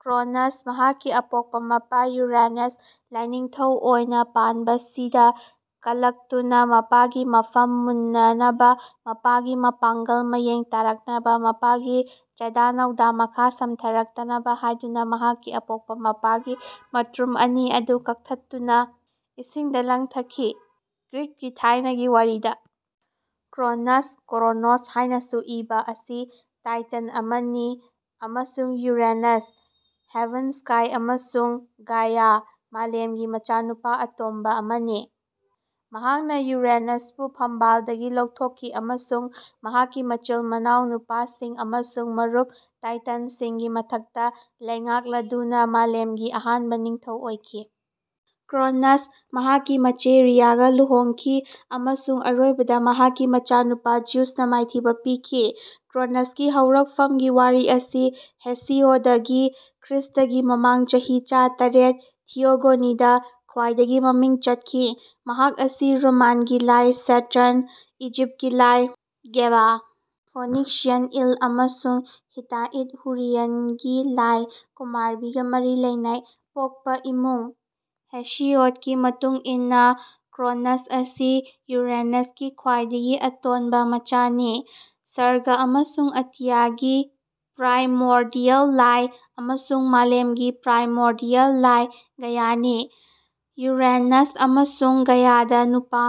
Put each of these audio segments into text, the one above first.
ꯀ꯭ꯔꯣꯅꯁꯅ ꯃꯍꯥꯛꯀꯤ ꯑꯄꯣꯛꯄ ꯃꯄꯥ ꯌꯨꯔꯥꯅꯁꯅ ꯂꯥꯢꯅꯤꯡꯊꯧ ꯑꯣꯢꯅ ꯄꯥꯟꯕꯁꯤꯗ ꯀꯂꯛꯇꯨꯅ ꯃꯄꯥꯒꯤ ꯃꯐꯝ ꯃꯨꯟꯅꯅꯕ ꯃꯄꯥꯒꯤ ꯃꯄꯥꯡꯒꯜ ꯃꯌꯦꯡ ꯇꯥꯔꯛꯅꯕ ꯃꯄꯥꯒꯤ ꯆꯥꯗꯥ-ꯅꯥꯎꯗꯥ ꯃꯈꯥ ꯁꯝꯊꯔꯛꯇꯅꯕ ꯍꯥꯢꯗꯨꯅ ꯃꯍꯥꯛꯀꯤ ꯑꯄꯣꯛꯄ ꯃꯄꯥꯒꯤ ꯃꯇꯨꯔꯨꯝ ꯑꯅꯤ ꯑꯗꯨ ꯀꯛꯊꯠꯇꯨꯅ ꯏꯁꯤꯡꯗ ꯂꯪꯊꯈꯤ꯫ ꯒ꯭ꯔꯤꯛꯀꯤ ꯊꯥꯏꯅꯒꯤ ꯋꯥꯔꯤꯗ, ꯀ꯭ꯔꯣꯅꯁ (ꯀ꯭ꯔꯣꯅꯣꯁ ꯍꯥꯏꯅꯁꯨ ꯏꯕ) ꯑꯁꯤ ꯇꯥꯏꯇꯟ ꯑꯃꯅꯤ ꯑꯃꯁꯨꯡ ꯌꯨꯔꯦꯅꯁ (ꯍꯦꯚꯦꯟꯁ꯭ꯀꯥꯏ) ꯑꯃꯁꯨꯡ ꯒꯥꯏꯌꯥ (ꯃꯥꯂꯦꯝ)ꯒꯤ ꯃꯆꯥꯅꯨꯄꯥ ꯑꯇꯣꯟꯕ ꯑꯃꯅꯤ꯫ ꯃꯍꯥꯛꯅ ꯌꯨꯔꯦꯅꯁꯄꯨ ꯐꯝꯕꯥꯜꯗꯒꯤ ꯂꯧꯊꯣꯛꯈꯤ ꯑꯃꯁꯨꯡ ꯃꯍꯥꯛꯀꯤ ꯃꯆꯤꯟ-ꯃꯅꯥꯎ ꯅꯨꯄꯥꯁꯤꯡ ꯑꯃꯁꯨꯡ ꯃꯔꯨꯞ ꯇꯥꯏꯇꯟꯁꯤꯡꯒꯤ ꯃꯊꯛꯇ ꯂꯩꯉꯥꯛꯂꯗꯨꯅ ꯃꯥꯂꯦꯝꯒꯤ ꯑꯍꯥꯟꯕ ꯅꯤꯡꯊꯧ ꯑꯣꯏꯈꯤ꯫ ꯀ꯭ꯔꯣꯅꯁꯅ ꯃꯍꯥꯛꯀꯤ ꯃꯆꯦ ꯔꯤꯌꯥꯒ ꯂꯨꯍꯣꯡꯈꯤ ꯑꯃꯁꯨꯡ ꯑꯔꯣꯏꯕꯗ ꯃꯍꯥꯛꯀꯤ ꯃꯆꯥꯅꯨꯄꯥ ꯖ꯭ꯌꯨꯁꯅ ꯃꯥꯏꯊꯤꯕ ꯄꯤꯈꯤ꯫ ꯀ꯭ꯔꯣꯅꯁꯀꯤ ꯍꯧꯔꯛꯐꯝꯒꯤ ꯋꯥꯔꯤ ꯑꯁꯤ ꯍꯦꯁꯤꯑꯣꯗꯀꯤ (ꯈ꯭ꯔꯤꯁ꯭ꯇꯒꯤ ꯃꯃꯥꯡ ꯆꯍꯤ ꯆꯥꯇ꯭ꯔꯦꯠ) ꯊꯤꯌꯣꯒꯣꯅꯤꯗ ꯈ꯭ꯋꯥꯏꯗꯒꯤ ꯃꯃꯤꯡ ꯆꯠꯂꯤ꯫ ꯃꯍꯥꯛ ꯑꯁꯤ ꯔꯣꯃꯥꯟꯒꯤ ꯂꯥꯏ ꯁꯦꯇꯔꯟ, ꯏꯖꯤꯞꯀꯤ ꯂꯥꯏ ꯒꯦꯕ, ꯐꯣꯏꯅꯤꯁꯤꯌꯥꯟ ꯑꯦꯜ, ꯑꯃꯁꯨꯡ ꯍꯤꯠꯇꯥꯏꯠꯍꯨꯔꯤꯌꯟꯒꯤ ꯂꯥꯏ ꯀꯨꯃꯥꯔꯕꯤꯒ ꯃꯔꯤ ꯂꯩꯅꯩ꯫ ꯄꯣꯛꯄ ꯏꯃꯨꯡ ꯍꯦꯁꯤꯌꯣꯗꯀꯤ ꯃꯇꯨꯡ ꯏꯟꯅ ꯀ꯭ꯔꯣꯅꯁ ꯑꯁꯤ ꯌꯨꯔꯦꯅꯁꯀꯤ ꯈ꯭ꯋꯥꯏꯗꯒꯤ ꯑꯇꯣꯟꯕ ꯃꯆꯥꯅꯤ, ꯁꯔꯒ ꯑꯃꯁꯨꯡ ꯑꯇꯤꯌꯥꯒꯤ ꯄ꯭ꯔꯥꯏꯃꯣꯔꯗꯤꯌꯦꯜ ꯂꯥꯏ, ꯑꯃꯁꯨꯡ ꯃꯥꯂꯦꯝꯒꯤ ꯄ꯭ꯔꯥꯏꯃꯣꯔꯗꯤꯌꯦꯜ ꯂꯥꯏ ꯒꯥꯏꯌꯥꯅꯤ꯫ ꯌꯨꯔꯦꯅꯁ ꯑꯃꯁꯨꯡ ꯒꯥꯏꯌꯥꯗ ꯅꯨꯄꯥ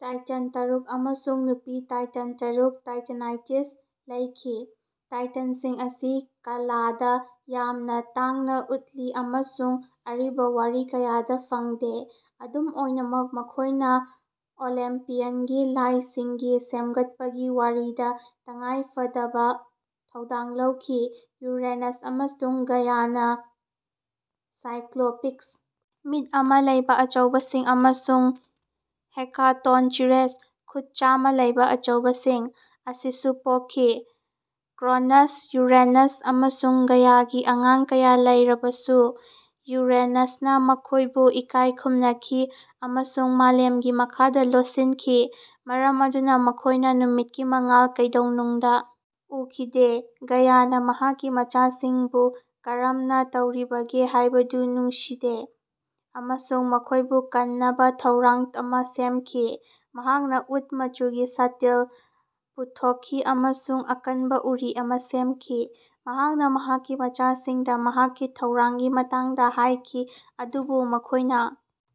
ꯇꯥꯏꯇꯟ ꯇꯔꯨꯛ ꯑꯃꯁꯨꯡ ꯅꯨꯄꯤ ꯇꯥꯏꯇꯟꯁ ꯇꯔꯨꯛ (ꯇꯥꯏꯇꯥꯅꯥꯏꯗꯁ) ꯂꯩꯈꯤ꯫ ꯇꯥꯏꯇꯟꯁꯤꯡ ꯑꯁꯤ ꯀꯂꯥꯗ ꯌꯥꯝꯅ ꯇꯥꯡꯅ ꯎꯠꯂꯤ ꯑꯃꯁꯨꯡ ꯑꯔꯤꯕ ꯋꯥꯔꯤ ꯀꯌꯥꯗ ꯐꯪꯗꯦ꯫ ꯑꯗꯨꯝ ꯑꯣꯏꯅꯃꯛ ꯃꯈꯣꯏꯅ ꯑꯣꯂꯤꯝꯄꯤꯌꯟꯒꯤ ꯂꯥꯏꯁꯤꯡꯒꯤ ꯁꯦꯝꯒꯠꯄꯒꯤ ꯋꯥꯔꯤꯗ ꯇꯉꯥꯏꯐꯗꯕ ꯊꯧꯗꯥꯡ ꯂꯧꯈꯤ꯫ ꯌꯨꯔꯦꯅꯁ ꯑꯃꯁꯨꯡ ꯒꯥꯏꯌꯥꯅ ꯁꯥꯏꯀ꯭ꯂꯣꯄꯤꯁ (ꯃꯤꯠ ꯑꯃ ꯂꯩꯕ ꯑꯆꯧꯕꯁꯤꯡ) ꯑꯃꯁꯨꯡ ꯍꯦꯀꯥꯇꯣꯟꯆꯤꯔꯦꯁ (ꯈꯨꯠ ꯆꯥꯝꯃ ꯂꯩꯕ ꯑꯆꯧꯕꯁꯤꯡ) ꯑꯁꯤꯁꯨ ꯄꯣꯛꯈꯤ꯫ ꯀ꯭ꯔꯣꯅꯁ, ꯌꯨꯔꯦꯅꯁ, ꯑꯃꯁꯨꯡ ꯒꯥꯏꯌꯥꯒꯤ ꯑꯉꯥꯡ ꯀꯌꯥ ꯂꯩꯔꯕꯁꯨ ꯌꯨꯔꯦꯅꯁꯅ ꯃꯈꯣꯏꯕꯨ ꯏꯀꯥꯏ ꯈꯨꯝꯅꯈꯤ ꯑꯃꯁꯨꯡ ꯃꯥꯂꯦꯝꯒꯤ ꯃꯈꯥꯗ ꯂꯣꯠꯁꯤꯟꯈꯤ꯫ ꯃꯔꯝ ꯑꯗꯨꯅ ꯃꯈꯣꯏꯅ ꯅꯨꯃꯤꯠꯀꯤ ꯃꯉꯥꯜ ꯀꯩꯗꯧꯅꯨꯡꯗ ꯎꯈꯤꯗꯦ꯫ ꯒꯥꯏꯌꯥꯅ ꯃꯍꯥꯛꯀꯤ ꯃꯆꯥꯁꯤꯡꯕꯨ ꯀꯔꯝꯅ ꯇꯧꯔꯤꯕꯒꯦ ꯍꯥꯏꯕꯗꯨ ꯅꯨꯡꯁꯤꯗꯦ ꯑꯃꯁꯨꯡ ꯃꯈꯣꯏꯕꯨ ꯀꯟꯅꯕ ꯊꯧꯔꯥꯡ ꯑꯃ ꯁꯦꯝꯈꯤ꯫ ꯃꯍꯥꯛꯅ ꯎꯠ ꯃꯆꯨꯒꯤ ꯁ꯭ꯇꯤꯜ ꯄꯨꯊꯣꯛꯈꯤ ꯑꯃꯁꯨꯡ ꯑꯀꯟꯕ ꯎꯔꯤ ꯑꯃ ꯁꯦꯝꯈꯤ꯫ ꯃꯍꯥꯛꯅ ꯃꯍꯥꯛꯀꯤ ꯃꯆꯥꯁꯤꯡꯗ ꯃꯍꯥꯛꯀꯤ ꯊꯧꯔꯥꯡꯒꯤ ꯃꯇꯥꯡꯗ ꯍꯥꯏꯈꯤ, ꯑꯗꯨꯕꯨ ꯃꯈꯣꯏꯅ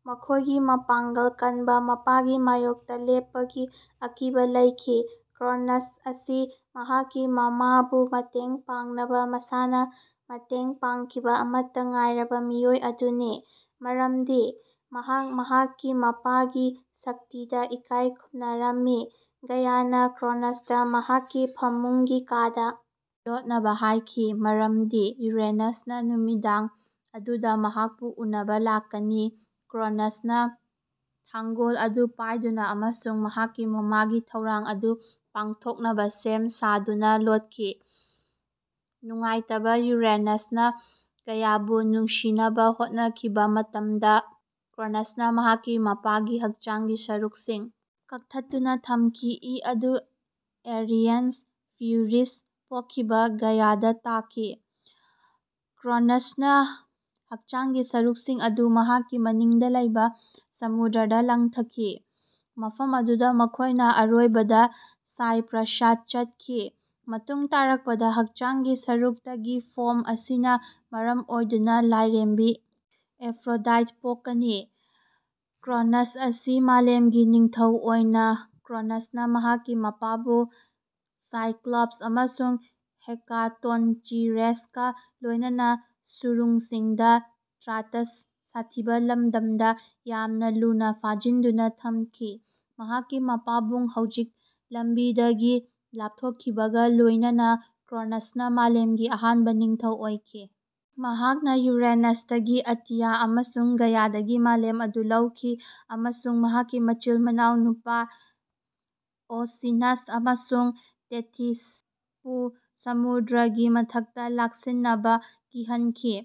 ꯃꯈꯣꯏꯒꯤ ꯃꯄꯥꯡꯒꯜ ꯀꯟꯕ ꯃꯄꯥꯒꯤ ꯃꯥꯌꯣꯛꯇ ꯂꯦꯞꯄꯒꯤ ꯑꯀꯤꯕ ꯂꯩꯈꯤ꯫ ꯀ꯭ꯔꯣꯅꯁ ꯑꯁꯤ ꯃꯍꯥꯛꯀꯤ ꯃꯃꯥꯕꯨ ꯃꯇꯦꯡ ꯄꯥꯡꯅꯕ ꯃꯁꯥꯅ ꯃꯇꯦꯡ ꯄꯥꯡꯈꯤꯕ ꯑꯃꯠꯇ ꯉꯥꯏꯔꯕ ꯃꯤꯑꯣꯏ ꯑꯗꯨꯅꯤ, ꯃꯔꯝꯗꯤ ꯃꯍꯥꯛ ꯃꯍꯥꯛꯀꯤ ꯃꯄꯥꯒꯤ ꯁꯛꯇꯤꯗ ꯏꯀꯥꯏ ꯈꯨꯝꯅꯔꯝꯃꯤ꯫ ꯒꯥꯏꯌꯥꯅ ꯀ꯭ꯔꯣꯅꯁꯇ ꯃꯍꯥꯛꯀꯤ ꯐꯃꯨꯡꯒꯤ ꯀꯥꯗ ꯂꯣꯠꯅꯕ ꯍꯥꯏꯈꯤ ꯃꯔꯝꯗꯤ ꯌꯨꯔꯦꯅꯁꯅ ꯅꯨꯃꯤꯗꯥꯡ ꯑꯗꯨꯗ ꯃꯍꯥꯛꯄꯨ ꯎꯅꯕ ꯂꯥꯛꯀꯅꯤ꯫ ꯀ꯭ꯔꯣꯅꯁꯅ ꯊꯥꯡꯒꯣꯜ ꯑꯗꯨ ꯄꯥꯏꯗꯨꯅ ꯑꯃꯁꯨꯡ ꯃꯍꯥꯛꯀꯤ ꯃꯃꯥꯒꯤ ꯊꯧꯔꯥꯡ ꯑꯗꯨ ꯄꯥꯡꯊꯣꯛꯅꯕ ꯁꯦꯝ ꯁꯥꯗꯨꯅ ꯂꯣꯠꯈꯤ꯫ ꯅꯨꯡꯉꯥꯏꯇꯕ ꯌꯨꯔꯦꯅꯁꯅ ꯒꯥꯏꯌꯥꯕꯨ ꯅꯨꯡꯁꯤꯅꯕ ꯍꯣꯠꯅꯈꯤꯕ ꯃꯇꯝꯗ, ꯀ꯭ꯔꯣꯅꯁꯅ ꯃꯍꯥꯛꯀꯤ ꯃꯄꯥꯒꯤ ꯍꯛꯆꯥꯡꯒꯤ ꯁꯔꯨꯛꯁꯤꯡ ꯀꯛꯊꯠꯇꯨꯅ ꯊꯣꯝꯈꯤ꯫ ꯏ ꯑꯗꯨ ꯑꯦꯔꯤꯟꯌꯦꯁ (ꯐ꯭ꯌꯨꯔꯤꯁ) ꯄꯣꯛꯈꯤꯕ ꯒꯥꯏꯌꯥꯗ ꯇꯥꯈꯤ꯫ ꯀ꯭ꯔꯣꯅꯁꯅ ꯍꯛꯆꯥꯡꯒꯤ ꯁꯔꯨꯛꯁꯤꯡ ꯑꯗꯨ ꯃꯍꯥꯛꯀꯤ ꯃꯅꯤꯡꯗ ꯂꯩꯕ ꯁꯃꯨꯗ꯭ꯔꯗ ꯂꯪꯊꯈꯤ, ꯃꯐꯝ ꯑꯗꯨꯗ ꯃꯈꯣꯏꯅ ꯑꯔꯣꯏꯕꯗ ꯁꯥꯏꯄ꯭ꯔꯁꯇ ꯆꯠꯈꯤ꯫ ꯃꯇꯨꯡ ꯇꯥꯔꯛꯄꯗ ꯍꯛꯆꯥꯡꯒꯤ ꯁꯔꯨꯛꯇꯒꯤ ꯐꯣꯝ ꯑꯁꯤꯅ ꯃꯔꯝ ꯑꯣꯏꯗꯨꯅ ꯂꯥꯏꯔꯦꯝꯕꯤ ꯑꯦꯐ꯭ꯔꯣꯗꯥꯏꯠ ꯄꯣꯛꯀꯅꯤ꯫ ꯀ꯭ꯔꯣꯅꯁ ꯑꯁꯤ ꯃꯥꯂꯦꯝꯒꯤ ꯅꯤꯡꯊꯧ ꯑꯣꯏꯅ ꯀ꯭ꯔꯣꯅꯁꯅ ꯃꯍꯥꯛꯀꯤ ꯃꯄꯥꯕꯨ ꯁꯥꯏꯀ꯭ꯂꯣꯞꯁ ꯑꯃꯁꯨꯡ ꯍꯦꯀꯥꯇꯣꯟꯆꯤꯔꯦꯁꯀ ꯂꯣꯏꯅꯅ ꯁꯨꯔꯨꯡꯁꯤꯡꯗ ꯇꯥꯔꯇꯥꯔꯁ (ꯁꯥꯊꯤꯕ ꯂꯝꯗꯝ)ꯗ ꯌꯥꯝꯅ ꯂꯨꯅ ꯐꯥꯖꯤꯟꯗꯨꯅ ꯊꯝꯈꯤ꯫ ꯃꯍꯥꯛꯀꯤ ꯃꯄꯥꯕꯨꯡ ꯍꯧꯖꯤꯛ ꯂꯝꯕꯤꯗꯒꯤ ꯂꯥꯞꯊꯣꯛꯈꯤꯕꯒ ꯂꯣꯏꯅꯅ, ꯀ꯭ꯔꯣꯅꯁꯅ ꯃꯥꯂꯦꯝꯒꯤ ꯑꯍꯥꯟꯕ ꯅꯤꯡꯊꯧ ꯑꯣꯏꯈꯤ꯫ ꯃꯍꯥꯛꯅ ꯌꯨꯔꯦꯅꯁꯇꯒꯤ ꯑꯇꯤꯌꯥ ꯑꯃꯁꯨꯡ ꯒꯥꯏꯌꯥꯗꯒꯤ ꯃꯥꯂꯦꯝ ꯑꯗꯨ ꯂꯧꯈꯤ ꯑꯃꯁꯨꯡ ꯃꯍꯥꯛꯀꯤ ꯃꯆꯤꯟ-ꯃꯅꯥꯎ ꯅꯨꯄꯥ ꯑꯣꯁꯤꯅꯁ ꯑꯃꯁꯨꯡ ꯇꯦꯊꯤꯁꯄꯨ ꯁꯃꯨꯗ꯭ꯔꯒꯤ ꯃꯊꯛꯇ ꯂꯥꯛꯁꯤꯟꯅꯕ ꯀꯤꯍꯟꯈꯤ꯫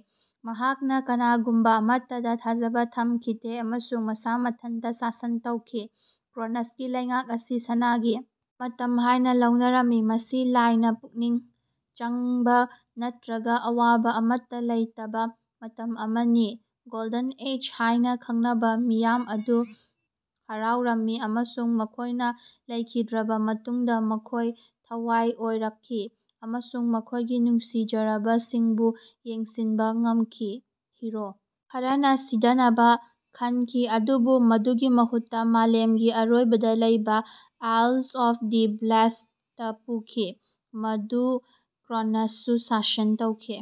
ꯃꯍꯥꯛꯅ ꯀꯅꯥꯒꯨꯝꯕ ꯑꯃꯠꯇꯗ ꯊꯥꯖꯕ ꯊꯝꯈꯤꯗꯦ ꯑꯃꯁꯨꯡ ꯃꯁꯥ ꯃꯊꯟꯇ ꯁꯥꯁꯟ ꯇꯧꯈꯤ꯫ ꯀ꯭ꯔꯣꯅꯁꯀꯤ ꯂꯩꯉꯥꯛ ꯑꯁꯤ ꯁꯅꯥꯒꯤ ꯃꯇꯝ ꯍꯥꯏꯅ ꯂꯧꯅꯔꯝꯃꯤ꯫ ꯃꯁꯤ ꯂꯥꯏꯅ ꯄꯨꯛꯅꯤꯡ ꯆꯪꯕ ꯅꯠꯇ꯭ꯔꯒ ꯑꯋꯥꯕ ꯑꯃꯠꯇ ꯂꯩꯇꯕ ꯃꯇꯝ ꯑꯃꯅꯤ꯫ ꯒꯣꯜꯗꯟ ꯔꯦꯁ ꯍꯥꯏꯅ ꯈꯪꯅꯕ ꯃꯤꯌꯥꯝ ꯑꯗꯨ ꯍꯔꯥꯎꯔꯝꯃꯤ ꯑꯃꯁꯨꯡ ꯃꯈꯣꯏꯅ ꯂꯩꯈꯤꯗ꯭ꯔꯕ ꯃꯇꯨꯡꯗ ꯃꯈꯣꯏ ꯊꯋꯥꯏ ꯑꯣꯏꯔꯛꯈꯤ ꯑꯃꯁꯨꯡ ꯃꯈꯣꯏꯒꯤ ꯅꯨꯡꯁꯤꯖꯔꯕꯁꯤꯡꯕꯨ ꯌꯦꯡꯁꯤꯟꯕ ꯉꯝꯈꯤ꯫ ꯍꯤꯔꯣ ꯈꯔꯅ ꯁꯤꯗꯅꯕ ꯈꯟꯈꯤ ꯑꯗꯨꯕꯨ ꯃꯗꯨꯒꯤ ꯃꯍꯨꯠꯇ ꯃꯥꯂꯦꯝꯒꯤ ꯑꯔꯣꯏꯕꯗ ꯂꯩꯕ ꯑꯥꯏꯜꯁ ꯑꯣꯐ ꯗ ꯕ꯭ꯂꯦꯁꯗ ꯄꯨꯈꯤ, ꯃꯗꯨ ꯀ꯭ꯔꯣꯅꯁꯅꯁꯨ ꯁꯥꯁꯟ ꯇꯧꯈꯤ꯫